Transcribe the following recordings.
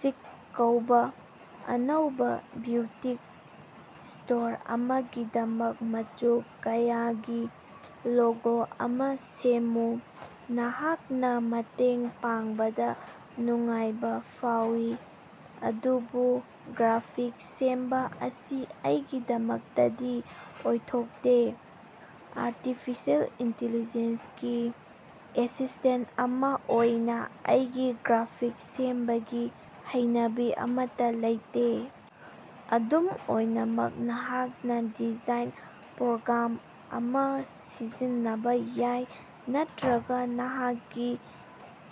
"ꯆꯤꯛ" ꯀꯧꯕꯥ ꯑꯅꯧꯕꯥ ꯕ꯭ꯌꯨꯇꯤꯛ ꯁ꯭ꯇꯣꯔ ꯑꯃꯒꯤꯗꯃꯛ ꯃꯆꯨ ꯀꯌꯥꯒꯤ ꯂꯣꯒꯣ ꯑꯃꯥ ꯁꯦꯝꯃꯨ꯫ ꯅꯍꯥꯛꯅꯥ ꯃꯇꯦꯡ ꯄꯥꯡꯕꯗꯥ ꯅꯨꯡꯉꯥꯏꯕꯥ ꯐꯥꯎꯏ ꯑꯗꯨꯕꯨ ꯒ꯭ꯔꯥꯐꯤꯛꯁ ꯁꯦꯝꯕꯥ ꯑꯁꯤ ꯑꯩꯒꯤꯗꯃꯛꯇꯗꯤ ꯑꯣꯏꯊꯣꯛꯇꯦ꯫ ꯑꯔꯇꯤꯐꯤꯁꯦꯜ ꯏꯟꯇꯤꯂꯤꯖꯦꯟꯁꯒꯤ ꯑꯦꯁꯤꯁꯇꯦꯟ ꯑꯃꯥ ꯑꯣꯏꯅꯥ ꯑꯩꯒꯤ ꯒ꯭ꯔꯥꯐꯤꯛ ꯁꯦꯝꯕꯒꯤ ꯍꯩꯅꯕꯤ ꯑꯃꯠꯇꯥ ꯂꯩꯇꯦ꯫ ꯑꯗꯨꯝ ꯑꯣꯏꯅꯃꯛ, ꯅꯍꯥꯛꯅꯥ ꯗꯤꯖꯥꯏꯟ ꯄ꯭ꯔꯣꯒ꯭ꯔꯥꯝ ꯑꯃꯥ ꯁꯤꯖꯤꯟꯅꯕꯥ ꯌꯥꯏ ꯅꯠꯇ꯭ꯔꯒꯥ ꯅꯍꯥꯛꯀꯤ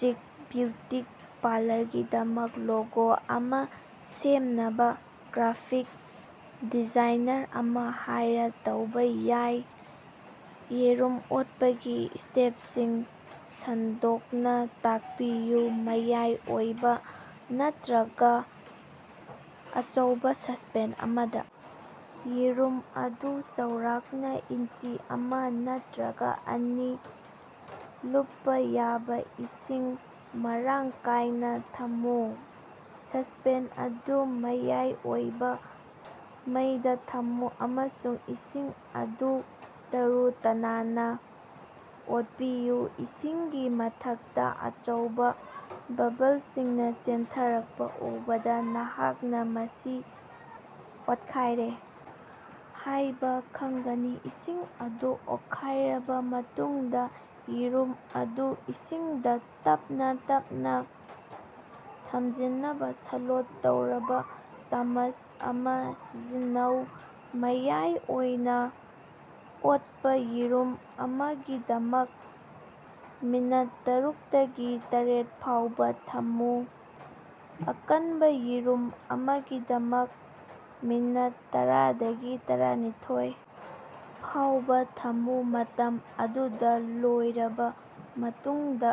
"ꯆꯤꯛ" ꯕ꯭ꯌꯨꯇꯤꯛ ꯄꯥꯂꯔꯒꯤꯗꯃꯛ ꯂꯣꯒꯣ ꯑꯃꯥ ꯁꯦꯝꯅꯕꯥ ꯒ꯭ꯔꯥꯐꯤꯛ ꯗꯤꯖꯥꯏꯅꯔ ꯑꯃꯥ ꯍꯥꯏꯔ ꯇꯧꯕꯥ ꯌꯥꯏ꯫ ꯌꯦꯔꯨꯝ ꯑꯣꯠꯄꯒꯤ ꯁ꯭ꯇꯦꯞꯁꯤꯡ ꯁꯟꯗꯣꯛꯅꯥ ꯇꯥꯛꯄꯤꯌꯨ꯫ ꯃꯌꯥꯏ ꯑꯣꯏꯕꯥ ꯅꯠꯇ꯭ꯔꯒꯥ ꯑꯆꯧꯕꯥ ꯁꯁꯄꯦꯟ ꯑꯃꯗꯥ ꯌꯦꯔꯨꯝ ꯑꯗꯨ ꯆꯥꯎꯔꯥꯛꯅꯥ ꯏꯟꯆꯤ ꯑꯃꯥ ꯅꯠꯇ꯭ꯔꯒꯥ ꯑꯅꯤ ꯂꯨꯞꯄꯥ ꯌꯥꯕꯥ ꯏꯁꯤꯡ ꯃꯔꯥꯡ ꯀꯥꯏꯅꯥ ꯊꯝꯃꯨ꯫ ꯁꯁꯄꯦꯟ ꯑꯗꯨ ꯃꯌꯥꯏ ꯑꯣꯏꯕꯥ ꯃꯩꯗꯥ ꯊꯝꯃꯨ ꯑꯃꯁꯨꯡ ꯏꯁꯤꯡ ꯑꯗꯨ ꯇꯔꯨ-ꯇꯅꯥꯟꯅꯥ ꯑꯣꯠꯄꯤꯌꯨ꯫ ꯏꯁꯤꯡꯒꯤ ꯃꯊꯛꯇꯥ ꯑꯆꯧꯕꯥ ꯕꯕꯜꯁꯤꯡꯅꯥ ꯆꯦꯟꯊꯔꯛꯄꯥ ꯎꯕꯗꯥ ꯅꯍꯥꯛꯅꯥ ꯃꯁꯤ ꯑꯣꯠꯈꯥꯏꯔꯦ ꯍꯥꯏꯕꯥ ꯈꯪꯒꯅꯤ꯫ ꯏꯁꯤꯡ ꯑꯗꯨ ꯑꯣꯠꯈꯥꯏꯔꯕꯥ ꯃꯇꯨꯡꯗꯥ, ꯌꯦꯔꯨꯝ ꯑꯗꯨ ꯏꯁꯤꯡꯗꯥ ꯇꯞꯅꯥ ꯇꯞꯅꯥ ꯊꯝꯖꯤꯟꯅꯕꯥ ꯁꯂꯣꯠ ꯇꯧꯔꯕꯥ ꯆꯃꯁ ꯑꯃꯥ ꯁꯤꯖꯤꯟꯅꯧ꯫ ꯃꯌꯥꯏ ꯑꯣꯏꯅꯥ ꯑꯣꯠꯄꯥ ꯌꯦꯔꯨꯝ ꯑꯃꯒꯤꯗꯃꯛ, ꯃꯤꯅꯠ ꯇꯥꯔꯨꯛꯇꯒꯤ ꯇꯔꯦꯠ ꯐꯥꯎꯕꯥ ꯊꯝꯃꯨ꯫ ꯑꯀꯟꯕꯥ ꯌꯦꯔꯨꯝ ꯑꯃꯒꯤꯗꯃꯛ, ꯃꯤꯅꯠ ꯇꯔꯥꯗꯒꯤ ꯇꯔꯥꯅꯤꯊꯣꯏ ꯐꯥꯎꯕꯥ ꯊꯝꯃꯨ꯫ ꯃꯇꯝ ꯑꯗꯨꯗ ꯂꯣꯏꯔꯕꯥ ꯃꯇꯨꯡꯗꯥ,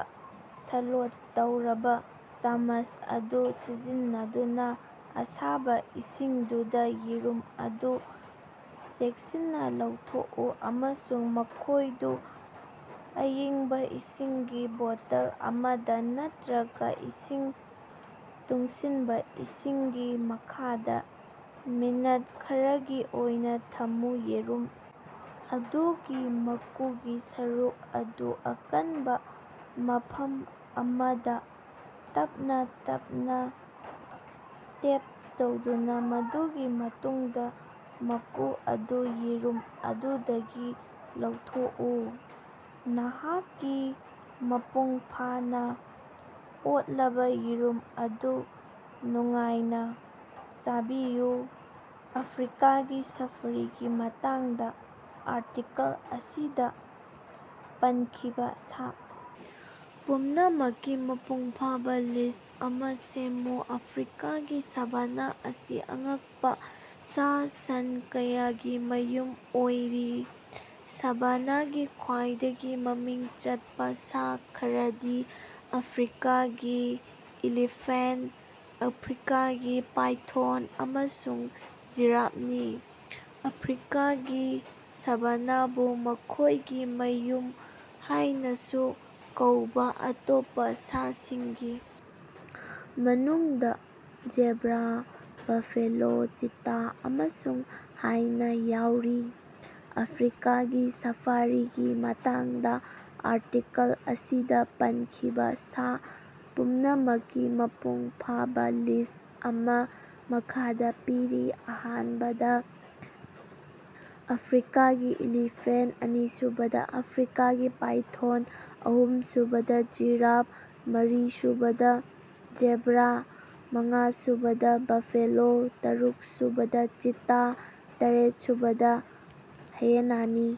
ꯁꯂꯣꯠ ꯇꯧꯔꯕꯥ ꯆꯃꯁ ꯑꯗꯨ ꯁꯤꯖꯤꯟꯅꯗꯨꯅꯥ ꯑꯁꯥꯕꯥ ꯏꯁꯤꯡꯗꯨꯗ ꯌꯦꯔꯨꯝ ꯑꯗꯨ ꯆꯦꯛꯁꯤꯟꯅꯥ ꯂꯧꯊꯣꯛꯎ ꯑꯃꯁꯨꯡ ꯃꯈꯣꯏꯗꯨ ꯑꯏꯪꯕꯥ ꯏꯁꯤꯡꯒꯤ ꯕꯣꯇꯜ ꯑꯃꯗꯥ ꯅꯠꯇ꯭ꯔꯒꯥ ꯏꯁꯤꯡ ꯇꯨꯡꯁꯤꯟꯕꯥ ꯏꯁꯤꯡꯒꯤ ꯃꯈꯥꯗꯥ ꯃꯤꯅꯠ ꯈꯔꯒꯤ ꯑꯣꯏꯅꯥ ꯊꯝꯃꯨ꯫ ꯌꯦꯔꯨꯝ ꯑꯗꯨꯒꯤ ꯃꯀꯨꯒꯤ ꯁꯔꯨꯛ ꯑꯗꯨ ꯑꯀꯟꯕꯥ ꯃꯐꯝ ꯑꯃꯗꯥ ꯇꯞꯅꯥ ꯇꯞꯅꯥ ꯇꯦꯞ ꯇꯧꯗꯨꯅꯥ, ꯃꯗꯨꯒꯤ ꯃꯇꯨꯡꯗꯥ ꯃꯀꯨ ꯑꯗꯨ ꯌꯦꯔꯨꯝ ꯑꯗꯨꯗꯒꯤ ꯂꯧꯊꯣꯛꯎ꯫ ꯅꯍꯥꯛꯀꯤ ꯃꯄꯨꯡ ꯐꯥꯅꯥ ꯑꯣꯠꯂꯕꯥ ꯌꯦꯔꯨꯝ ꯑꯗꯨ ꯅꯨꯡꯉꯥꯏꯅꯥ ꯆꯥꯕꯤꯌꯨ꯫ ꯑꯐ꯭ꯔꯤꯀꯥꯒꯤ ꯁꯐꯥꯔꯤꯒꯤ ꯃꯇꯥꯡꯗꯥ ꯑꯥꯔꯇꯤꯀꯜ ꯑꯁꯤꯗꯥ ꯄꯟꯈꯤꯕꯥ ꯁꯥ ꯄꯨꯝꯅꯃꯛꯀꯤ ꯃꯄꯨꯡꯐꯥꯕꯥ ꯂꯤꯁ ꯑꯃꯥ ꯁꯦꯝꯃꯨ꯫ ꯑꯐ꯭ꯔꯤꯀꯥꯒꯤ ꯁꯥꯚꯥꯅꯥ ꯑꯁꯤ ꯑꯉꯛꯄꯥ ꯁꯥ-ꯁꯟ ꯀꯌꯥꯒꯤ ꯃꯌꯨꯝ ꯑꯣꯏꯔꯤ꯫ ꯁꯥꯚꯥꯅꯥꯒꯤ ꯈ꯭ꯋꯥꯏꯗꯒꯤ ꯃꯃꯤꯡ ꯆꯠꯄꯥ ꯁꯥ ꯈꯔꯗꯤ ꯑꯐ꯭ꯔꯤꯀꯥꯒꯤ ꯏꯂꯤꯐꯦꯟꯇ, ꯑꯐ꯭ꯔꯤꯀꯥꯒꯤ ꯄꯥꯏꯊꯣꯟ ꯑꯃꯁꯨꯡ ꯖꯤꯔꯥꯞꯅꯤ꯫ ꯑꯐ꯭ꯔꯤꯀꯥꯒꯤ ꯁꯥꯚꯥꯅꯥꯕꯨ ꯃꯈꯣꯏꯒꯤ ꯃꯌꯨꯝ ꯍꯥꯏꯅꯥꯁꯨ ꯀꯧꯕꯥ ꯑꯇꯣꯞꯄꯥ ꯁꯥꯁꯤꯡꯒꯤ ꯃꯅꯨꯡꯗꯥ ꯖꯦꯕ꯭ꯔꯥ, ꯕꯥꯐꯦꯂꯣ, ꯆꯤꯇꯥ ꯑꯃꯁꯨꯡ ꯍꯥꯏꯅꯥ ꯌꯥꯎꯔꯤ꯫ ꯑꯐ꯭ꯔꯤꯀꯥꯒꯤ ꯁꯐꯥꯔꯤꯒꯤ ꯃꯇꯥꯡꯗꯥ ꯑꯥꯔꯇꯤꯀꯜ ꯑꯁꯤꯗꯥ ꯄꯟꯈꯤꯕꯥ ꯁꯥ ꯄꯨꯝꯅꯃꯛꯀꯤ ꯃꯄꯨꯡ ꯐꯥꯕꯥ ꯂꯤꯁ ꯑꯃꯥ ꯃꯈꯥꯗꯥ ꯄꯤꯔꯤ: ꯑꯍꯥꯟꯕꯗ ꯑꯐ꯭ꯔꯤꯀꯥꯒꯤ ꯏꯂꯤꯐꯦꯟꯇ ꯑꯅꯤꯁꯨꯕꯗꯥ ꯑꯐ꯭ꯔꯤꯀꯥꯒꯤ ꯄꯥꯏꯊꯣꯟ ꯑꯍꯨꯝꯁꯨꯕꯗꯥ ꯖꯤꯔꯥꯐ ꯃꯥꯔꯤꯁꯨꯕꯗ ꯖꯦꯕ꯭ꯔꯥ ꯃꯉꯥ ꯁꯨꯕꯗꯥ ꯕꯐꯦꯂꯣ ꯇꯥꯔꯨꯛꯁꯨꯕꯗ ꯆꯤꯇꯥ ꯇꯔꯦꯠꯁꯨꯕꯗ ꯍꯥꯌꯦꯅꯥ ꯅꯤ꯫